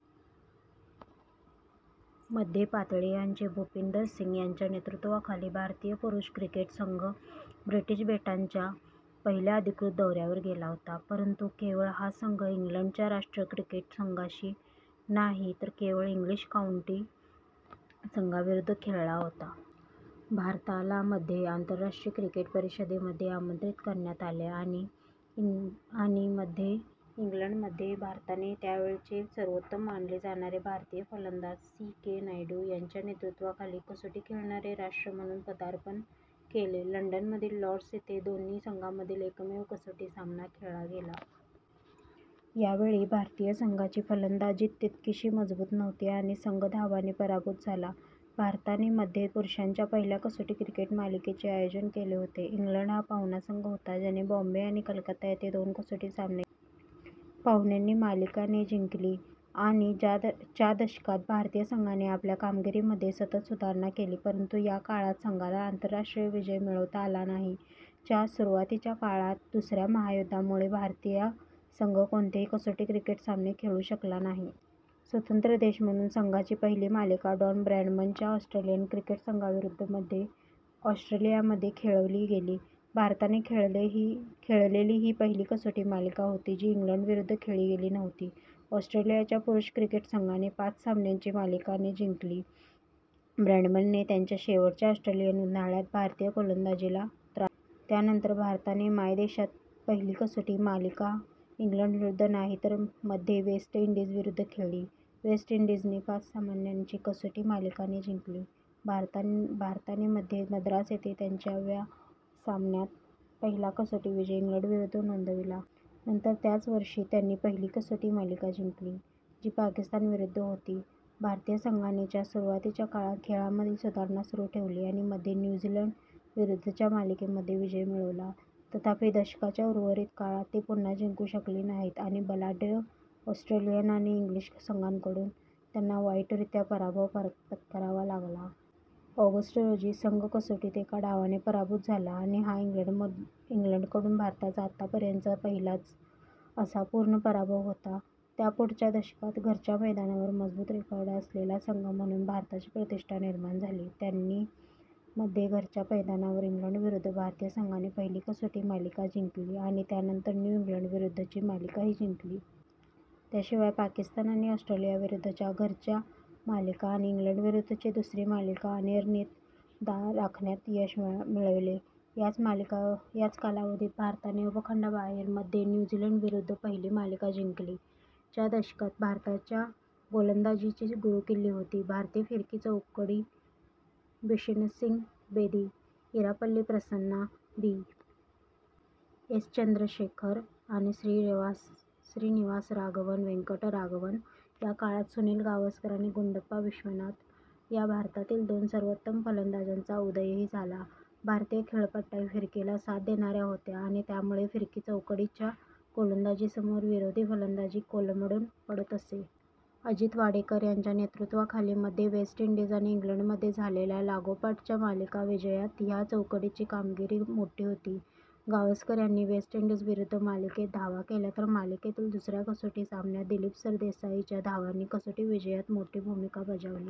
मध्ये, पतियाळाचे भूपिंदर सिंग यांच्या नेतृत्वाखाली भारतीय पुरुष क्रिकेट संघ ब्रिटिश बेटांच्या पहिल्या अधिकृत दौऱ्यावर गेला होता, परंतु केवळ हा संघ इंग्लंडच्या राष्ट्रीय क्रिकेट संघाशी नाही तर केवळ इंग्लिश काऊंटी संघांविरुद्ध खेळला होता। भारताला मध्ये आंतरराष्ट्रीय क्रिकेट परिषदेमध्ये आमंत्रित करण्यात आले आणि मध्ये इंग्लंडमध्ये भारताने त्यावेळचे सर्वोत्तम मानले जाणारे भारतीय फलंदाज सी. के. नायडू, यांच्या नेतृत्वाखाली कसोटी खेळणारे राष्ट्र म्हणून पदार्पण केले. लंडन मधील लॉर्ड्स येथे दोन्ही संघांमधील एकमेव कसोटी सामना खेळला गेला. यावेळी भारतीय संघाची फलंदाजीत तितकीशी मजबूत नव्हती आणि संघ धावांनी पराभूत झाला. भारताने मध्ये पुरुषांच्या पहिल्या कसोटी क्रिकेट मालिकेचे आयोजन केले होते. इंग्लंड हा पाहुणा संघ होता ज्याने बॉम्बे आणि कलकत्ता येथे दोन कसोटी सामने खेळले. पाहुण्यांनी मालिका - ने जिंकली. आणि च्या दशकात भारतीय संघाने आपल्या कामगिरीमध्ये सतत सुधारणा केली परंतु या काळात संघाला आंतरराष्ट्रीय विजय मिळवता आला नाही. च्या सुरुवातीच्या काळात, दुसऱ्या महायुद्धा मुळे भारतीय संघ कोणतेही कसोटी क्रिकेट सामने खेळू शकला नाही. स्वतंत्र देश म्हणून संघाची पहिली मालिका डॉन ब्रॅडमन च्या ऑस्ट्रेलियन क्रिकेट संघाविरुद्ध - मध्ये ऑस्ट्रेलियामध्ये खेळवली गेली. भारताने खेळलेली ही पहिली कसोटी मालिका होती जी इंग्लंडविरुद्ध खेळली गेली नव्हती. ऑस्ट्रेलियाच्या पुरुष क्रिकेट संघाने पाच सामन्यांची मालिका - ने जिंकली, ब्रॅडमनने त्याच्या शेवटच्या ऑस्ट्रेलियन उन्हाळ्यात भारतीय गोलंदाजीला त्रास दिला. त्यानंतर भारताने मायदेशात पहिली कसोटी मालिका इंग्लंडविरुद्ध नाही तर मध्ये वेस्ट इंडीज विरुद्ध खेळली. वेस्ट इंडीजने पाच सामन्यांची कसोटी मालिका - ने जिंकली. भारताने मध्ये मद्रास येथे त्यांच्या व्या सामन्यात पहिला कसोटी विजय इंग्लंडविरुद्ध नोंदविला. नंतर त्याच वर्षी, त्यांनी पहिली कसोटी मालिका जिंकली, जी पाकिस्तान विरुद्ध होती. भारतीय संघाने च्या सुरुवातीच्या काळात खेळामधील सुधारणा सुरू ठेवली आणि मध्ये न्यू झीलंड विरुद्धच्या मालिकेमध्ये विजय मिळवला. तथापि, दशकाच्या उर्वरित काळात ते पुन्हा जिंकू शकले नाहीत आणि बलाढ्य ऑस्ट्रेलियन आणि इंग्लिश संघांकडून त्यांना वाईटरित्या पराभव पत्करावा लागला. ऑगस्ट रोजी, संघ कसोटीत एका डावाने पराभूत झाला आणि हा इंग्लंडकडून भारताचा आतापर्यंतचा पहिलाच - असा पूर्ण पराभव होता. त्यापुढच्या दशकात घरच्या मैदानावर मजबूत रेकॉर्ड असलेला संघ म्हणून भारताची प्रतिष्ठा निर्माण झाली. त्यांनी - मध्ये घरच्या मैदानावर इंग्लंडविरुद्ध भारतीय संघाने पहिली कसोटी मालिका जिंकली आणि त्यानंतर न्यू झीलंडविरुद्धची मालिकाही जिंकली. त्याशिवाय पाकिस्तान आणि ऑस्ट्रेलियाविरुद्धच्या घरच्या मालिका आणि इंग्लंडविरुद्धची दुसरी मालिका अनिर्णित राखण्यात यश मिळविले. याच कालावधीत भारताने उपखंडाबाहेर - मध्ये न्यू झीलंडविरुद्ध पहिली मालिका जिंकली. च्या दशकात भारताच्या गोलंदाजीची गुरुकिल्ली होती भारतीय फिरकी चौकडी बिशनसिंग बेदी, इरापल्ली प्रसन्ना, बी. एस. चंद्रशेखर आणि श्रीनिवासराघवन वेंकटराघवन. या काळात सुनील गावस्कर आणि गुंडप्पा विश्वनाथ या भारतातील दोन सर्वोत्तम फलंदाजांचा उदयही झाला. भारतीय खेळपट्ट्या फिरकीला साथ देणाऱ्या होत्या आणि त्यामुळे फिरकी चौकडीच्या गोलंदाजीसमोर विरोधी फलंदाजी कोलमडून पडत असे. अजित वाडेकर यांच्या नेतृत्वाखाली मध्ये वेस्ट इंडीज आणि इंग्लंड मध्ये झालेल्या लागोपाठच्या मालिका विजयात ह्या चौकडीची कामगिरी मोठी होती. गावस्कर यांनी वेस्ट इंडीज विरुद्ध मालिकेत धावा केल्या तर मालिकेतील दुसऱ्या कसोटी सामन्यात दिलीप सरदेसाई च्या धावांनी कसोटी विजयात मोठी भूमिका बजावली.